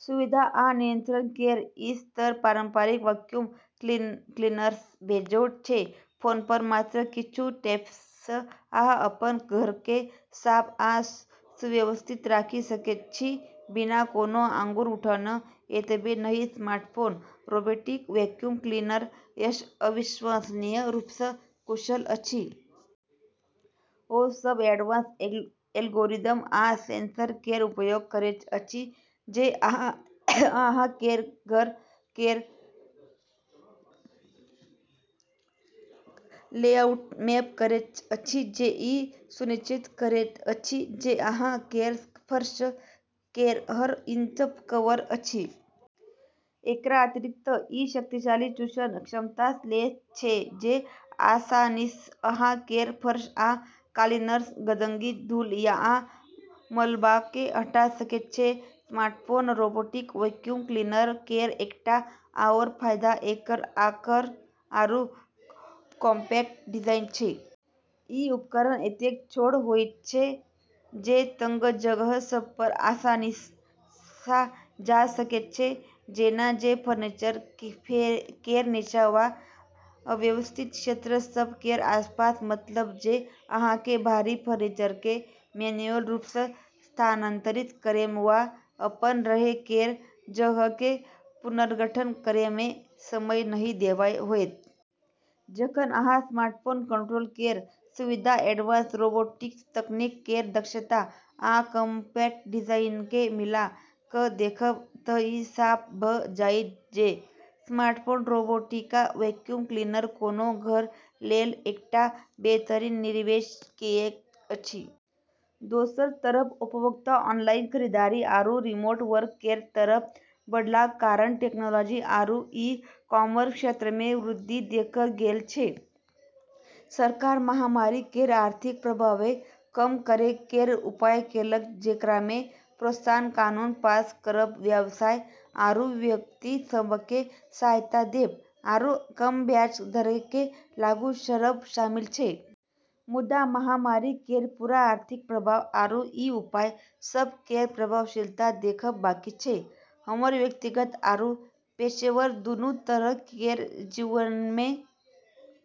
सुविधा आ नियंत्रण केर ई स्तर पारंपरिक वैक्यूम क्लीनरसँ बेजोड़ छै। फोनपर मात्र किछु टैपसँ अहाँ अपन घरकेँ साफ आ सुव्यवस्थित राखि सकैत छी, बिना कोनो आँगुर उठौने। एतबे नहि स्मार्टफोन रोबोटिक वैक्यूम क्लीनर अविश्वसनीय रूपसँ कुशल अछि। ओ सब एडवांस एल्गोरिदम आ सेंसर केर उपयोग करैत अछि जे अहाँ केर घर केर लेआउटकेँ मैप करैत अछि, जे ई सुनिश्चित करैत अछि जे अहाँ केर फर्श केर हर इंच कवर अछि। एकरा अतिरिक्त, ई शक्तिशाली चूषण क्षमतासँ लैस छै जे आसानीसँ अहाँ केर फर्श आ कालीनसँ गंदगी, धूल आ मलबाकेँ हटा सकैत छै। स्मार्टफोन रोबोटिक वैक्यूम क्लीनर केर एकटा आओर फायदा एकर आकार आरू कॉम्पैक्ट डिजाइन छै। ई उपकरण एतेक छोट होइत छै जे तंग जगह सभपर आसानीसँ जा सकैत छै, जेना जे फर्नीचर केर नीचाँ वा अव्यवस्थित क्षेत्र सभ केर आसपास। मतलब जे अहाँकेँ भारी फर्नीचरकेँ मैन्युअल रूपसँ स्थानांतरित करैमे वा अपन रहै केर जगहकेँ पुनर्गठन करैमे समय नहि देबाय होयत। जखन अहाँ स्मार्टफोन कंट्रोल केर सुविधा, एडवांस रोबोटिक्स तकनीक केर दक्षता, आ कॉम्पैक्ट डिजाइनकेँ मिला कऽ देखब तऽ ई साफ भऽ जाएत जे स्मार्टफोन रोबोटिक वैक्यूम क्लीनर कोनो घर लेल एकटा बेहतरीन निवेश किऐक अछि। दोसर तरफ उपभोक्ता ऑनलाइन खरीदारी आरू रिमोट वर्क केर तरफ बढ़लाक कारण टेक्नोलॉजी आरू ई-कॉमर्स क्षेत्रमे वृद्धि देखल गेल छै। सरकार महामारी केर आर्थिक प्रभावकेँ कम करै केर उपाय केलक, जेकरामे प्रोत्साहन कानून पास करब, व्यवसाय आरू व्यक्ति सभकेँ सहायता देब, आरू कम ब्याज दरकेँ लागू करब शामिल छै। मुदा महामारी केर पूरा आर्थिक प्रभाव आरू ई उपाय सभ केर प्रभावशीलता देखब बाकी छै। हमर व्यक्तिगत आरू पेशेवर दूनू तरह केर जीवनमे।